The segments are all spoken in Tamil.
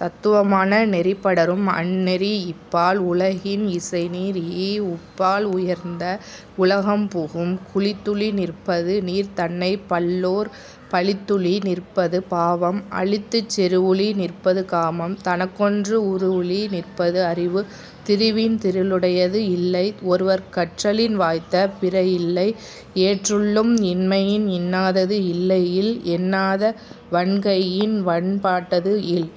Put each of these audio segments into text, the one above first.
தத்துவ மான நெறிபடரும் அந்நெறி இப்பால் உலகின் இசைநிறீஇ உப்பால் உயர்ந்த உலகம் புகும். குழித்துழி நிற்பது நீர்தன்னைப் பல்லோர் பழித்துழி நிற்பது பாவம் அழித்துச் செறிவுழி நிற்பது காமம் தனக்கொன்று உறுவுழி நிற்பது அறிவு. திருவின் திறலுடையது இல்லை ஒருவற்குக் கற்றலின் வாய்த்த பிறஇல்லை எற்றுள்ளும் இன்மையின் இன்னாதது இல்லைஇல் என்னாத வன்கையின் வன்பாட்டது இல்.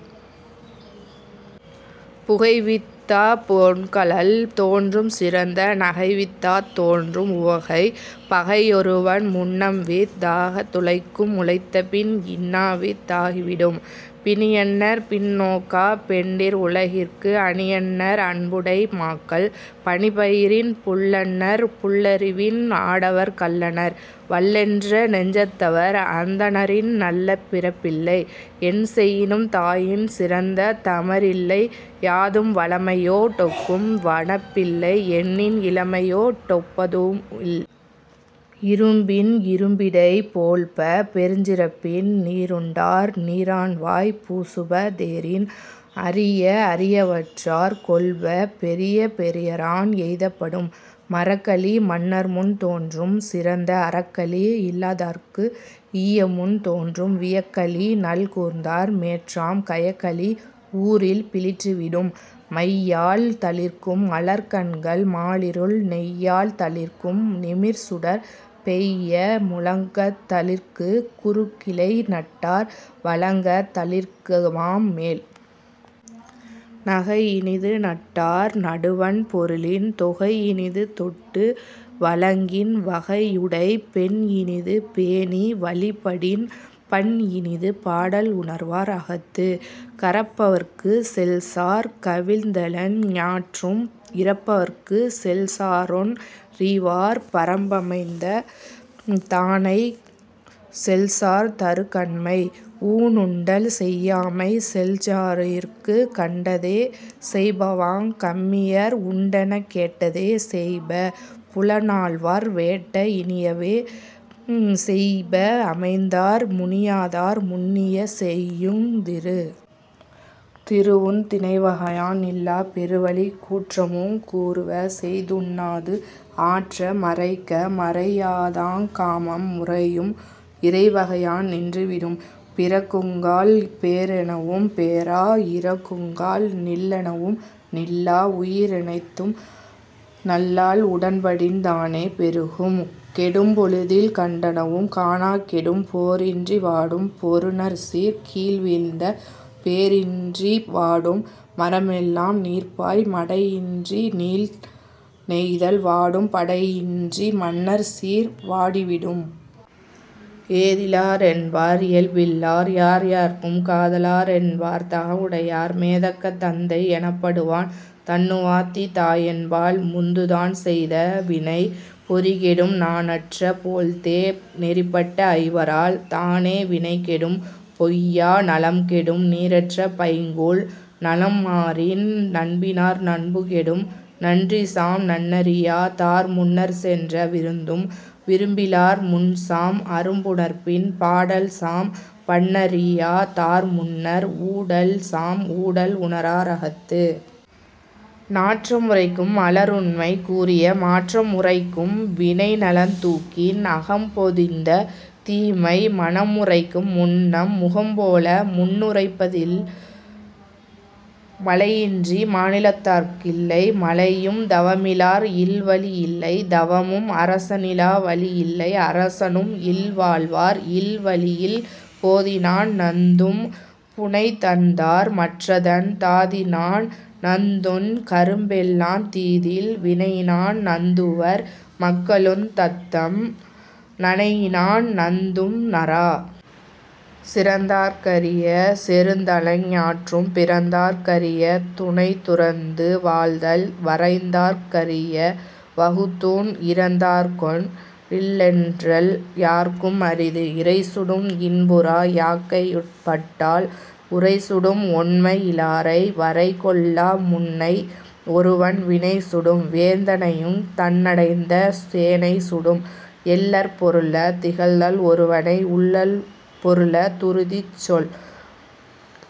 புகைவித்தாப் பொங்கழல் தோன்றும் சிறந்த நகைவித்தாத் தோன்றும் உவகை பகையொருவன் முன்னம்வித் தாக முளைக்கும் முளைத்தபின் இன்னாவித் தாகி விடும். பிணியன்னர் பின்நோக்காப் பெண்டிர் உலகிற்கு அணியன்னர் அன்புடை மாக்கள் பிணிபயிரின் புல்லன்னர் புல்லறிவின் ஆடவர் கல்லன்னர் வல்லென்ற நெஞ்சத் தவர். அந்தணரின் நல்ல பிறப்பில்லை என்செயினும் தாயின் சிறந்த தமரில்லை யாதும் வளமையோ டொக்கும் வனப்பில்லை எண்ணின் இளமையோ டொப்பதூஉம் இல். இரும்பின் இரும்பிடை போழ்ப பெருஞ்சிறப்பின் நீருண்டார் நீரான்வாய் பூசுப தேரின் அரிய அரியவற்றாற் கொள்ப பெரிய பெரியரான் எய்தப் படும். மறக்களி மன்னர்முன் தோன்றும் சிறந்த அறக்களி இல்லாதார்க்கு ஈயமுன் தோன்றும் வியக்களி நல்கூர்ந்தார் மேற்றாம் கயக்களி ஊரில் பிளிற்றி விடும். மையால் தளிர்க்கும் மலர்க்கண்கள் மாலிருள் நெய்யால் தளிர்க்கும் நிமிர்சுடர் பெய்ய முழங்கத் தளிர்க்குங் குருகிலை நட்டார் வழங்கத் தளிர்க்குமாம் மேல். நகைஇனிது நட்டார் நடுவண் பொருளின் தொகைஇனிது தொட்டு வழங்கின் வகையுடைப் பெண்இனிது பேணி வழிபடின் பண்இனிது பாடல் உணர்வார் அகத்து. கரப்பவர்க்குச் செல்சார் கவிழ்தலெஞ் ஞான்றும் இரப்பவர்க்குச் செல்சாரொன் றீவார் பரப்பமைந்த தானைக்குச் செல்சார் தறுகண்மை ஊனுண்டல் செய்யாமை செல்சா ருயிர்க்கு. கண்டதே செய்பவாங் கம்மியர் உண்டெனக் கேட்டதே செய்ப புலனாள்வார் வேட்ட இனியவே செய்ப அமைந்தார் முனியாதார் முன்னிய செய்யுந் திரு. திருவுந் திணைவகையான் நில்லாப் பெருவலிக் கூற்றமுங் கூறுவ செய்துண்ணாது ஆற்ற மறைக்க மறையாதாங் காமம் முறையும் இறைவகையான் நின்று விடும். பிறக்குங்கால் பேரெனவும் பேரா இறக்குங்கால் நில்லெனவும் நில்லா உயிரெனைத்தும் நல்லாள் உடன்படின் தானே பெருகும் கெடும்பொழுதில் கண்டனவும் காணாக் கெடும். போரின்றி வாடும் பொருநர்சீர் கீழ்வீழ்ந்த வேரின்றி வாடும் மரமெல்லாம் நீர்பாய் மடையின்றி நீள்நெய்தல் வாடும் படையின்றி மன்னர்சீர் வாடி விடும். ஏதிலா ரென்பார் இயல்பில்லார் யார்யார்க்கும் காதலா ரென்பார் தகவுடையார் மேதக்க தந்தை யெனப்படுவான் தன்னுவாத்தி தாயென்பாள் முந்துதான் செய்த வினை. பொறிகெடும் நாணற்ற போழ்தே நெறிபட்ட ஐவரால் தானே வினைகெடும் பொய்யா நலம்கெடும் நீரற்ற பைங்கூழ் நலம்மாறின் நண்பினார் நண்பு கெடும். நன்றிசாம் நன்றறியா தார்முன்னர்ச் சென்ற விருந்தும் விருப்பிலார் முன்சாம் அரும்புணர்ப்பின் பாடல்சாம் பண்ணறியா தார்முன்னர் ஊடல்சாம் ஊடல் உணரா ரகத்து. நாற்ற முரைக்கும் மலருண்மை கூறிய மாற்ற முரைக்கும் வினைநலந் தூக்கின் அகம்பொதிந்த தீமை மனமுரைக்கும் முன்னம் முகம்போல முன்னுரைப்ப தில். மழையின்றி மாநிலத்தார்க் கில்லை மழையும் தவமிலார் இல்வழி இல்லை தவமும் அரச னிலாவழி இல்லை அரசனும் இல்வாழ்வார் இல்வழி யில். போதினான் நந்தும் புனைதண்தார் மற்றதன் தாதினான் நந்துஞ் கரும்பெல்லாந் தீதில் வினையினான் நந்துவர் மக்களுந் தத்தம் நனையினான் நந்தும் நறா. சிறந்தார்க் கரிய செறுதலெஞ் ஞான்றும் பிறந்தார்க் கரிய துணைதுறந்து வாழ்தல் வரைந்தார்க் கரிய வகுத்தூண் இரந்தார்க்கொன் றில்லென்றல் யார்க்கும் அரிது. இரைசுடும் இன்புறா யாக்கையுட் பட்டால் உரைசுடும் ஒண்மை யிலாரை வரைகொள்ளா முன்னை ஒருவன் வினைசுடும் வேந்தனையுந் தன்னடைந்த சேனை சுடும். எள்ளற் பொருள திகழ்தல் ஒருவனை உள்ளற் பொருள துறுதிச்சொல்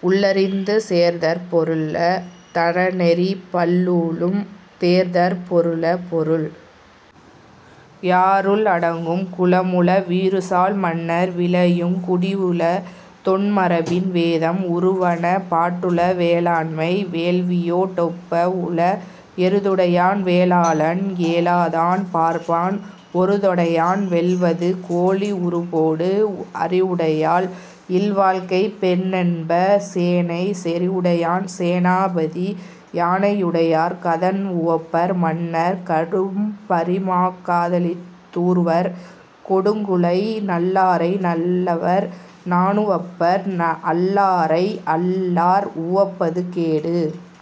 உள்ளறிந்து சேர்தற் பொருள தறநெறி பன்னூலும் தேர்தற் பொருள பொருள். யாறுள் அடங்கும் குளமுள வீறுசால் மன்னர் விழையுங் குடியுள தொன்மரபின் வேதம் உறுவன பாட்டுள வேளாண்மை வேள்வியோ டொப்ப உள. எருதுடையான் வேளாளன்; ஏலாதான் பார்ப்பான்; ஒருதொடையான் வெல்வது கோழி உருபோடு அறிவுடையாள் இல்வாழ்க்கைப் பெண்ணென்ப சேனைச் செறிவுடையான் சேனா பதி. யானை யுடையார் கதன்உவப்பர் மன்னர் கடும்பரிமாக் காதலித் தூர்வர் கொடுங்குழை நல்லாரை நல்லவர் நாணுவப்பர் அல்லாரை அல்லார் உவப்பது கேடு.